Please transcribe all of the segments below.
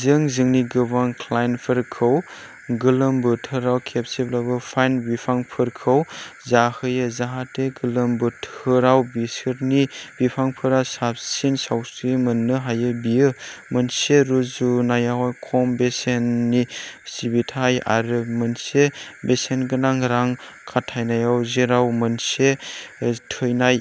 जों जोंनि गोबां क्लाइन्टफोरखौ गोलोम बोथोराव खेबसेब्लाबो पाइन बिफांफोरखौ जाहैयो जाहाथे गोलोम बोथोराव बिसोरनि बिफांफोरा साबसिन सावस्रि मोननो हायो। बेयो मोनसे रुजुनायाव खम बेसेननि सिबिथाइ आरो मोनसे बेसेनगोनां रां खाथायनाय, जेराव मोनसे थैनाय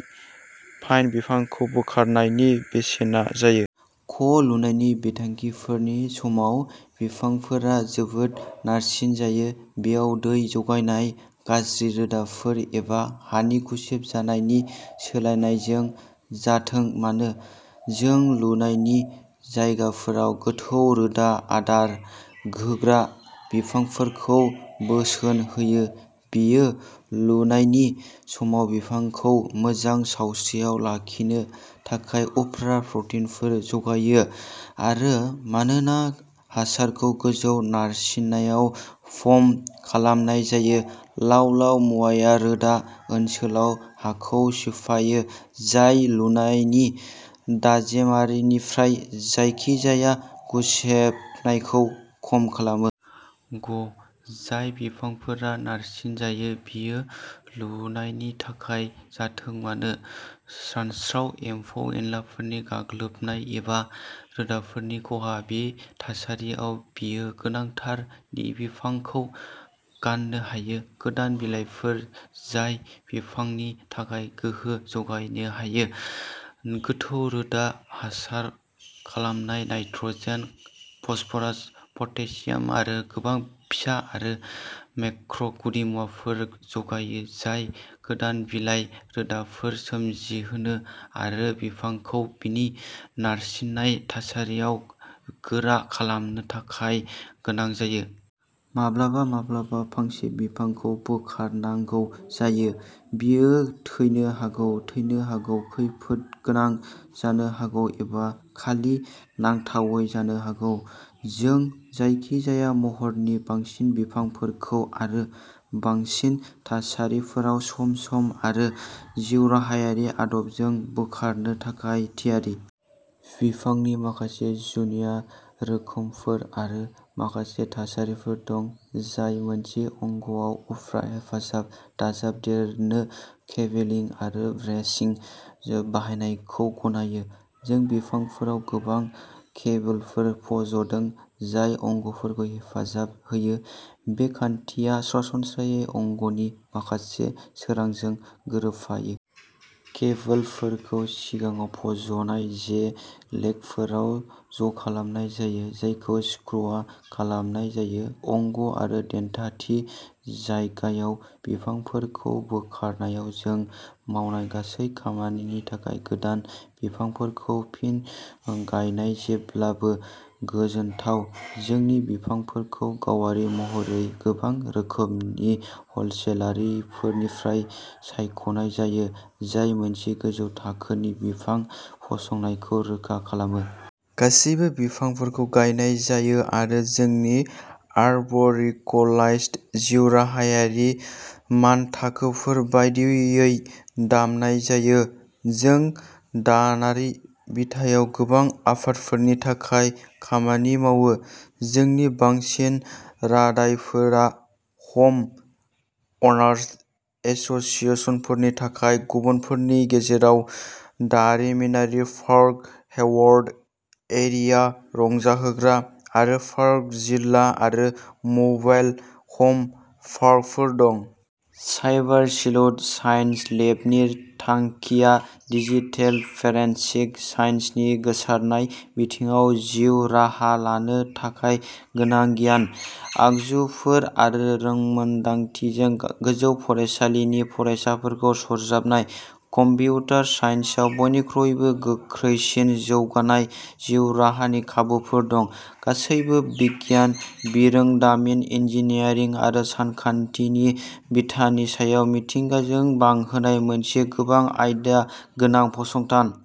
पाइन बिफांखौ बोखारनायनि बेसेना जायो। ख लुनायनि बिथांखिफोरनि समाव, बिफांफोरा जोबोद नारसिनजायो, बेयो दै जगायनाय, गाज्रि रोदाफोर एबा हानि गुसेब जानायनि सोलायनायजों जाथों मानो। जों लुनायनि जायगाफोराव गोथौ रोदा आदार होग्रा बिफांफोरखौ बोसोन होयो, बेयो लुनायनि समाव बिफांखौ मोजां सावस्रियाव लाखिनो थाखाय उफ्रा पुष्टिफोर जगायो आरो, मानोना हासारखौ गोजौ नारसिननायाव पाम्प खालामनाय जायो, लाव-लाव मुवाया रोदा ओनसोलाव हाखौ सिफायो जाय लुनायनि दाजेमारिनिफ्राय जायखिजाया गुसेबनायखौ खम खालामो। ग जाय बिफांफोरा नारसिनजायो, बेयो लुनायनि थाखाय जाथों मानो, रानस्राव, एम्फौ-एनलाफोरनि गाग्लोबनाय एबा रोदाफोरनि खहा। बे थासारियाव बेयो गोनांथार दि बिफांखौ गाननो हायो। गोदान बिलाइफोर जाय बिफांनि थाखाय गोहो जगायनो हायो। गोथौ रोदा हासार खालामनाया नाइट्रजेन, फस्फरास, पटेसियाम आरो गोबां फिसा आरो मेक्रो गुदिमुवाफोर जगायो, जाय गोदान बिलाइ, रोदाफोर सोमजिहोनो आरो बिफांखौ बिनि नारसिननाय थासारिफोराव गोरा खालामनो थाखाय गोनां जायो। माब्लाबा माब्लाबा फांसे बिफांखौ बोखारनांगौ जायो। बेयो थैनो हागौ, थैनो हागौ, खैफोदगोनां जानो हागौ एबा खालि नांथावै जानो हागौ। जों जायखिजाया महरनि बांसिन बिफांफोरखौ आरो बांसिन थासारिफोराव सम-सम आरो जिउराहायारि आदबजों बोखारनो थाखाय थियारि। बिफांनि माखासे जुनिया रोखोमफोर आरो माखासे थासारिफोर दं, जाय मोनसे अंगआव उफ्रा हेफाजाब दाजाबदेरनो केबोलिं आरो ब्रेसिं बाहायनायखौ गनायो। जों बिफांफोराव गोबां केबोलफोर फज'दों, जाय अंगफोरखौ हेफाजाब होयो, बे खान्थिया सरासनस्रायै अंगनि माखासे सोरांजों गोरोबफायो। केबोलफोरखौ सिगाङाव फज'नाय जे लेगफोराव ज'खालामनाय जायो, जायखौ स्क्रुव खालामनाय जायो। अंग आरो देन्था थि जायगायाव। बिफांफोरखौ बोखारनायाव जों मावनाय गासै खामानिनि थाखाय गोदान बिफांफोरखौ फिन गायनाया जेब्लाबो गोजोनथाव। जोंनि बिफांफोरखौ गावारि महरै गोबां रोखोमनि हलसेलारफोरनिफ्राय सायख'नाय जायो, जाय मोनसे गोजौ थाखोनि बिफां फसंनायखौ रोखा खालामो। गासैबो बिफांफोरखौ गायनाय जायो आरो जोंनि आर्ब'रिक'लार्चेल जिउराहायारि मानथाखोफोर बायदियै दामनाय जायो। जों दानारि बिथायाव गोबां आफादफोरनि थाखाय खामानि मावो। जोंनि बांसिन रादायफोरा हम अनार्स एस'सिएशनफोरनि थाखाय। गुबुनफोरनि गेजेराव दारिमिनारि पार्क, हेवार्ड एरिया रंजाहोग्रा आरो पार्क जिल्ला आरो मबाइल हम पार्कफोर दं। साइबर स्लुथ साइन्स लेबनि थांखिया डिजिटेल फरेनसिक साइन्सनि गोसारनाय बिथिङाव जिउ राहा लानो थाखाय गोनां गियान, आगजुफोर आरो रोंमोनदांथिजों गोजौ फरायसालिनि फरायसाफोरखौ सरजाबनाय। कम्पिउटार साइन्सआव बयनिख्रुइबो गोख्रैसिन जौगानाय जिउ राहानि खाबुफोर दं। गासैबो बिगियान, बिरोंदामिन, इन्जिनियारिं आरो सानखान्थिनि बिथानि सायाव मिथिंगाजों बांहोनाय मोनसे गोबां आयदा गोनां फसंथान।